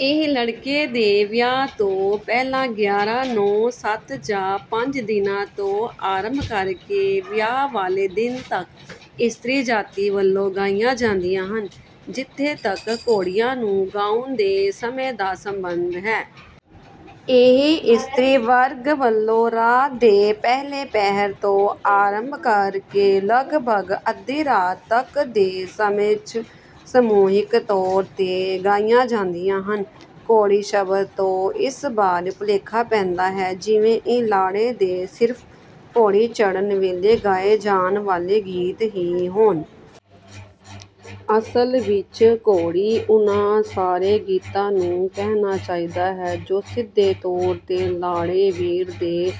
ਇਹ ਲੜਕੇ ਦੇ ਵਿਆਹ ਤੋਂ ਪਹਿਲਾਂ ਗਿਆਰਾਂ, ਨੌ, ਸੱਤ ਜਾਂ ਪੰਜ ਦਿਨਾਂ ਤੋਂ ਆਰੰਭ ਕਰਕੇ ਵਿਆਹ ਵਾਲੇ ਦਿਨ ਤੱਕ ਇਸਤਰੀ ਜਾਤੀ ਵੱਲੋਂ ਗਾਈਆਂ ਜਾਂਦੀਆਂ ਹਨ ਜਿੱਥੋ ਤੱਕ ਘੋੜੀਆਂ ਨੂੰ ਗਾਉਣ ਦੇ ਸਮੇਂ ਦਾ ਸੰਬੰਧ ਹੈ। ਇਹ ਇਸਤਰੀ ਵਰਗ ਵੱਲੋਂ ਰਾਤ ਦੇ ਪਹਿਲੇ ਪਹਿਰ ਤੋਂ ਆਰੰਭ ਕਰਕੇ ਲਗਭਗ ਅੱਧੀ ਰਾਤ ਤੱਕ ਦੇ ਸਮੇਂ ਚ ਸਮੂਹਿਕ ਤੌਰ ਤੇ ਗਾਈਆਂ ਜਾਂਦੀਆਂ ਹਨ। 'ਘੋੜੀ ਸ਼ਬਦ ਤੋਂ ਇਸ ਬਾਰੇ ਭੁਲੇਖਾ ਪੈਂਦਾ ਹੈ ਜਿਵੇਂ ਇਹ ਲਾੜੇ ਦੇ ਸਿਰਫ਼ ਘੋੜੀ ਚੜ੍ਹਨ ਵੇਲੇ ਗਾਏ ਜਾਣ ਵਾਲੇ ਗੀਤ ਹੀ ਹੋਣ। ਅਸਲ ਵਿਚ ਘੋੜੀ ਉਨ੍ਹਾਂ ਸਾਰੇ ਗੀਤਾਂ ਨੂੰ ਕਹਿਣਾ ਚਾਹੀਦਾ ਹੈ ਜੋ ਸਿੱਧੇ ਤੌਰ ਤੇ ਲਾੜੇ-ਵੀਰ ਦੇ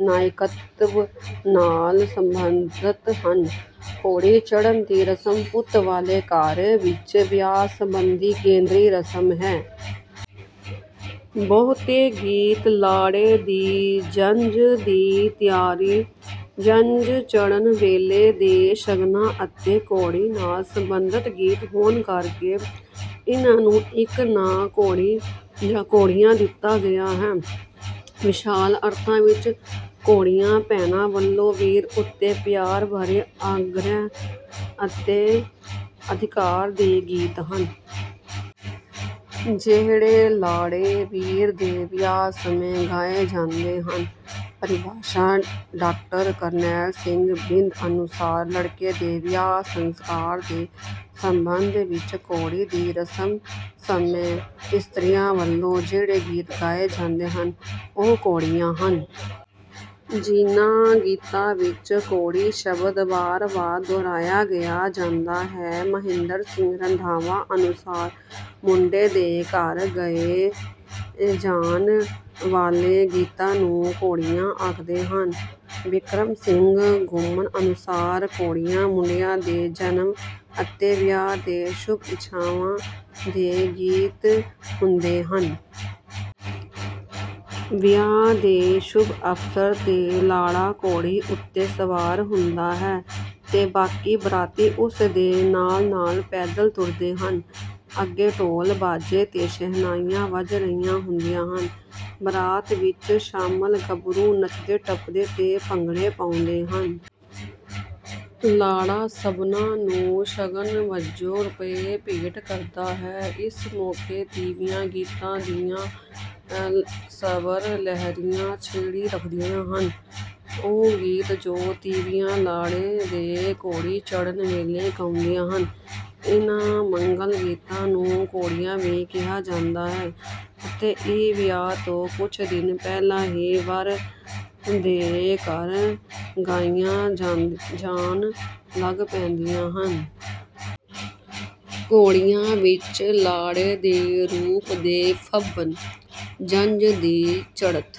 ਨਾਇਕਤਵ ਨਾਲ ਸਬੰਧਤ ਹਨ। ਘੋੜੀ ਚੜ੍ਹਨ ਦੀ ਰਸਮ ਪੁੱਤ ਵਾਲੇ ਘਰ ਵਿਚ ਵਿਆਹ ਸਬੰਧੀ ਕੇਂਦਰੀ ਰਸਮ ਹੈ। ਬਹੁਤੇ ਗੀਤ ਲਾੜੇ ਦੀ ਜੰਜ ਦੀ ਤਿਆਰੀ, ਜੰਜ ਚੜ੍ਹਨ ਵੇਲੇ ਦੇ ਸ਼ਗਨਾਂ ਅਤੇ ਘੋੜੀ ਨਾਲ ਸਬੰਧਤ ਗੀਤ ਹੋਣ ਕਰਕੇ ਇਨ੍ਹਾਂ ਨੂੰ ਇਕ ਨਾਂ 'ਘੋੜੀ ਜਾਂ 'ਘੋੜੀਆਂ ਦਿੱਤਾ ਗਿਆ ਹੈ। ਵਿਸ਼ਾਲ ਅਰਥਾਂ ਵਿਚ ਘੋੜੀਆਂ, ਭੈਣਾਂ ਵੱਲੋਂ ਵੀਰ ਉੱਤੇ ਪਿਆਰ ਭਰੇ ਆਗ੍ਰਿਹ ਅਤੇ ਅਧਿਕਾਰ ਦੇ ਗੀਤ ਹਨ। ਜਿਹੜੇ ਲਾੜੇ-ਵੀਰ ਦੇ ਵਿਆਹ ਸਮੇਂ ਗਏ ਜਾਂਦੇ ਹਨ। ਪਰਿਭਾਸ਼ਾ ਡਾਕਟਰ ਕਰਨੈਲ ਸਿੰਘ ਥਿੰਦ ਅਨੁਸਾਰ, "ਲੜਕੇ ਦੇ ਵਿਆਹ ਸੰਸਕਾਰ ਦੇ ਸੰਬੰਧ ਵਿੱਚ ਘੋੜੀ ਦੀ ਰਸਮ ਸਮੇਂ ਇਸਤਰੀਆਂ ਵੱਲੋਂ ਜਿਹੜੇ ਗੀਤ ਗਾਏ ਜਾਂਦੇ ਹਨ, ਉਹ ਘੋੜੀਆਂ ਹਨ। ਜਿਨ੍ਹਾਂ ਗੀਤਾਂ ਵਿੱਚ ਘੋੜੀ ਸ਼ਬਦ ਬਾਰ-ਬਾਰ ਦੁਹਰਾਇਆ ਜਾਂਦਾ ਹੈ। " ਮਹਿੰਦਰ ਸਿੰਘ ਰੰਧਾਵਾ ਅਨੁਸਾਰ, "ਮੁੰਡੇ ਦੇ ਘਰ ਗਾਏ ਜਾਣ ਵਾਲੇ ਗੀਤਾਂ ਨੂੰ "ਘੋੜੀਆਂ" ਆਖਦੇ ਹਨ। " ਬਿਕਰਮ ਸਿੰਘ ਘੁੰਮਣ ਅਨੁਸਾਰ, "ਘੋੜੀਆਂ, ਮੁੰਡਿਆਂ ਦੇ ਜਨਮ ਅਤੇ ਵਿਆਹ ਦੇ ਸ਼ੁਭ-ਇੱਛਾਂਵਾਂ ਦੇ ਗੀਤ ਹੁੰਦੇ ਹਨ। ਵਿਆਹ ਦੇ ਸ਼ੁਭ ਅਵਸਰ ਤੇ ਲਾੜ੍ਹਾਂ ਘੋੜੀ ਉੱਤੇ ਸਵਾਰ ਹੁੰਦਾ ਹੈ ਤੇ ਬਾਕੀ ਬਰਾਤੀ ਉਸ ਦੇ ਨਾਲ-ਨਾਲ ਪੈਦਲ ਤੁਰਦੇ ਹਨ। ਅੱਗੇ ਢੋਲ ਵਾਜੇ ਤੇ ਸ਼ਹਿਨਾਈਆਂ ਵੱਜ ਰਹੀਆਂ ਹੁੰਦੀਆਂ ਹਨ। ਬਰਾਤ ਵਿਚ ਸ਼ਾਮਲ ਗੱਭਰੂ ਨੱਚਦੇ ਟੱਪਦੇ ਤੇ ਭੰਗੜੇ ਪਾਉਂਦੇ ਹਨ। ਲਾੜ੍ਹਾ ਸਭਨਾਂ ਨੂੰ ਸ਼ਗਨ ਵਜੋਂ ਰੁਪਏ ਭੇਟ ਕਰਦਾ ਹੈ। ਇਸ ਮੌਕੇ ਤੀਵੀਆਂ ਗੀਤਾਂ ਦੀਆਂ ਸਵਰ ਲਹਿਰੀਆਂ ਛੇੜੀ ਰੱਖਦੀਆਂ ਹਨ। ਉਹ ਗੀਤ ਜੋ ਤੀਵੀਆਂ ਲਾੜੇ ਦੇ ਘੋੜੀ ਚੜ੍ਹਨ ਵੇਲੇ ਗਾਉਂਦੀਆਂ ਹਨ। ਇਨ੍ਹਾਂ ਮੰਗਲ ਗੀਤਾਂ ਨੂੰ 'ਘੋੜੀਆਂ ਵੀ ਕਿਹਾ ਜਾਂਦਾ ਹੈ ਅਤੇ ਇਹ ਵਿਆਹ ਤੋਂ ਕੁਝ ਦਿਨ ਪਹਿਲਾਂ ਹੀ ਵਰ ਦੇ ਘਰ ਗਾਈਆਂ ਜਾਣ ਲੱਗ ਪੈਂਦੀਆਂ ਹਨ। ਘੋੜੀਆਂ ਵਿੱਚ ਲਾੜ੍ਹੇ ਦੇ ਰੂਪ ਤੇ ਫੱਬਣ, ਜੰਞ ਦੀ ਚੜ੍ਹਤ